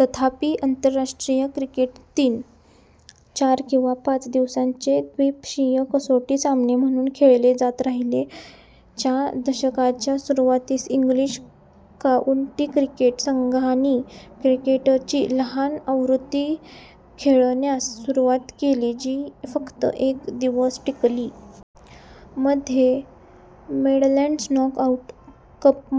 तथापि, आंतरराष्ट्रीय क्रिकेट तीन, चार किंवा पाच दिवसांचे द्विपक्षीय कसोटी सामने म्हणून खेळले जात राहिले. च्या दशकाच्या सुरुवातीस, इंग्लिश काउंटी क्रिकेट संघांनी क्रिकेटची एक लहान आवृत्ती खेळण्यास सुरुवात केली जी फक्त एक दिवस टिकली. मध्ये मिडलँड्स नॉक-आउट कप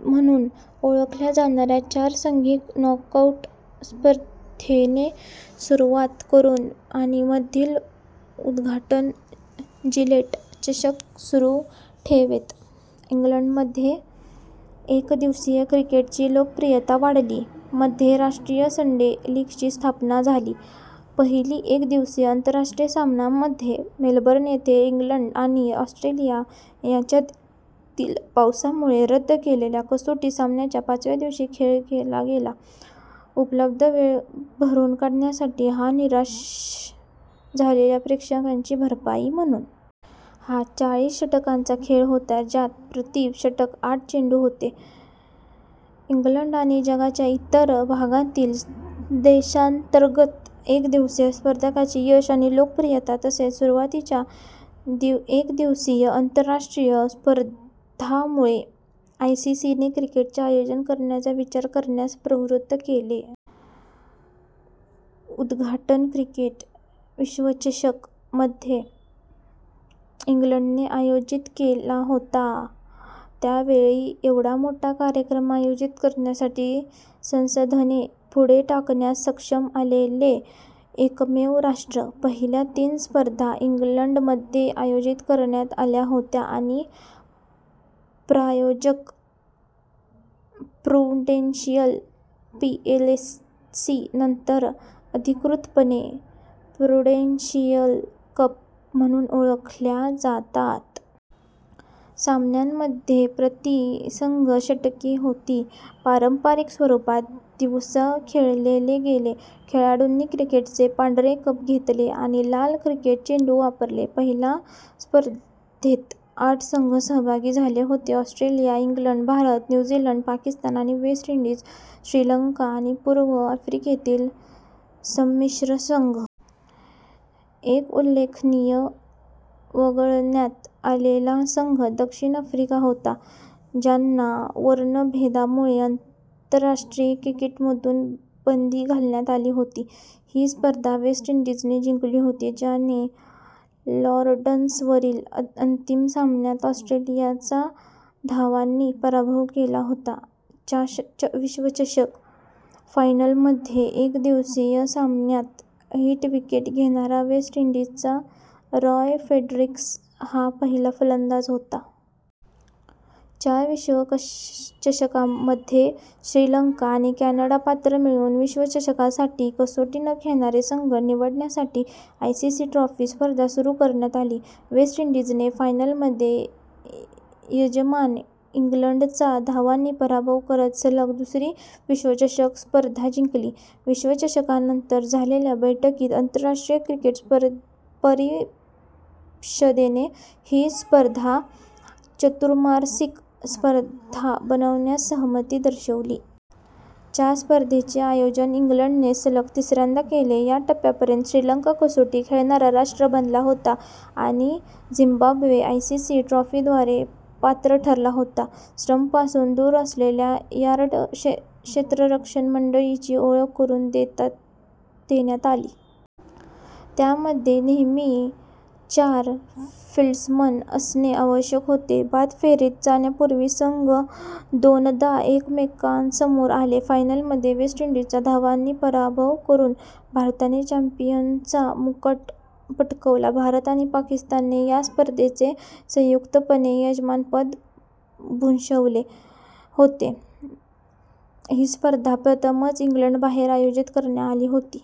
म्हणून ओळखल्या जाणाऱ्या चार-सांघिक नॉकआऊट स्पर्धेने सुरुवात करून आणि मधील उद्घाटन जिलेट चषक सुरू ठेवत, इंग्लंडमध्ये एकदिवसीय क्रिकेटची लोकप्रियता वाढली. मध्ये राष्ट्रीय संडे लीगची स्थापना झाली. पहिला एक-दिवसीय आंतरराष्ट्रीय सामना मध्ये मेलबर्न येथे इंग्लंड आणि ऑस्ट्रेलिया यांच्यातील पावसामुळे रद्द झालेल्या कसोटी सामन्याच्या पाचव्या दिवशी खेळला गेला, उपलब्ध वेळ भरून काढण्यासाठी आणि निराश झालेल्या प्रेक्षकांची भरपाई म्हणून. हा चाळीस षटकांचा खेळ होता ज्यात प्रति षटक आठ चेंडू होते. इंग्लंड आणि जगाच्या इतर भागांतील देशांतर्गत एकदिवसीय स्पर्धांचे यश आणि लोकप्रियता, तसेच सुरुवातीच्या एकदिवसीय आंतरराष्ट्रीय स्पर्धांमुळे आयसीसीने क्रिकेटचे आयोजन करण्याचा विचार करण्यास प्रवृत्त केले. उद्घाटन क्रिकेट विश्वचषक मध्ये इंग्लंडने आयोजित केला होता, त्या वेळी एवढा मोठा कार्यक्रम आयोजित करण्यासाठी संसाधने पुढे टाकण्यास सक्षम असलेले एकमेव राष्ट्र. पहिल्या तीन स्पर्धा इंग्लंडमध्ये आयोजित करण्यात आल्या होत्या आणि प्रायोजक प्रुडेंशियल पीएलसी नंतर अधिकृतपणे प्रुडेंशियल कप म्हणून ओळखल्या जातात. सामन्यांमध्ये प्रति संघ षटके होती, पारंपारिक स्वरूपात दिवसा खेळले गेले, खेळाडूंनी क्रिकेटचे पांढरे कपडे घातले आणि लाल क्रिकेट चेंडू वापरला. पहिल्या स्पर्धेत आठ संघ सहभागी झाले होते: Australia, England, Bharat, New Zealand, Pakistan आणि वेस्ट इंडीज, श्रीलंका आणि पूर्व आफ्रिकेतील संमिश्र संघ. एक उल्लेखनीय वगळण्यात आलेला संघ दक्षिण आफ्रिका होता, ज्यांना वर्णभेदामुळे आंतरराष्ट्रीय क्रिकेटमधून बंदी घालण्यात आली होती. ही स्पर्धा वेस्ट इंडीजने जिंकली होती, ज्याने लॉर्ड्सवरील अंतिम सामन्यात ऑस्ट्रेलियाचा धावांनी पराभव केला होता. च्या विश्वचषक फायनलमध्ये एकदिवसीय सामन्यात हिट विकेट घेणारा वेस्ट इंडीजचा रॉय फ्रेडरिक्स हा पहिला फलंदाज होता. च्या विश्वचषकामध्ये श्रीलंका आणि कॅनडा पात्रता मिळवून विश्वचषकासाठी कसोटी न खेळणारे संघ निवडण्यासाठी आयसीसी ट्रॉफी स्पर्धा सुरू करण्यात आली. वेस्ट इंडीजने फायनलमध्ये यजमान इंग्लंडचा धावांनी पराभव करत सलग दुसरी विश्वचषक स्पर्धा जिंकली. विश्वचषकानंतर झालेल्या बैठकीत, आंतरराष्ट्रीय क्रिकेट परिषदेने ही स्पर्धा चतुर्मासिक स्पर्धा बनविण्यास सहमती दर्शविली. च्या स्पर्धेचे आयोजन इंग्लंडने सलग तिसऱ्यांदा केले होते. या टप्प्यापर्यंत, श्रीलंका कसोटी खेळणारा राष्ट्र बनला होता आणि झिम्बाब्वे आयसीसी ट्रॉफीद्वारे पात्र ठरला होता. स्टंपपासून दूर असलेल्या यार्ड क्षेत्ररक्षण मंडळाची ओळख करून देण्यात आली. त्यामध्ये नेहमी चार फील्ड्समन असणे आवश्यक होते. बाद फेरीत जाण्यापूर्वी संघ दोनदा एकमेकांसमोर आले. फायनलमध्ये वेस्ट इंडीजचा धावांनी पराभव करून भारताने चॅम्पियनचा मुकुट पटकावला. भारत आणि पाकिस्तानने च्या स्पर्धेचे संयुक्तपणे यजमानपद भूषवले होते, ही स्पर्धा प्रथमच इंग्लंडबाहेर आयोजित करण्यात आली होती.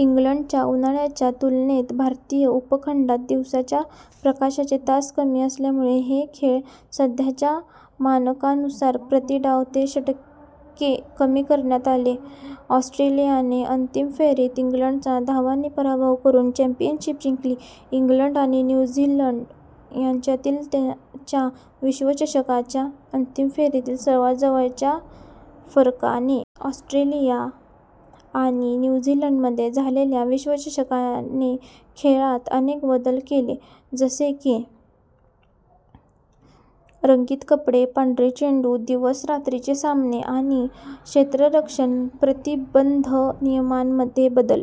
इंग्लंडच्या उन्हाळ्याच्या तुलनेत भारतीय उपखंडात दिवसाच्या प्रकाशाचे तास कमी असल्यामुळे हे खेळ सध्याच्या मानकानुसार प्रति डाव ते षटके कमी करण्यात आले. ऑस्ट्रेलियाने अंतिम फेरीत इंग्लंडचा धावांनी पराभव करून चॅम्पियनशिप जिंकली, इंग्लंड आणि न्यू झीलंड यांच्यातील च्या विश्वचषकाच्या अंतिम फेरीतील सर्वात जवळच्या फरकाने. ऑस्ट्रेलिया आणि न्यू झीलंडमध्ये झालेल्या विश्वचषकाने खेळात अनेक बदल केले, जसे की रंगीत कपडे, पांढरे चेंडू, दिवस/रात्रीचे सामने आणि क्षेत्ररक्षण प्रतिबंध नियमांमध्ये बदल.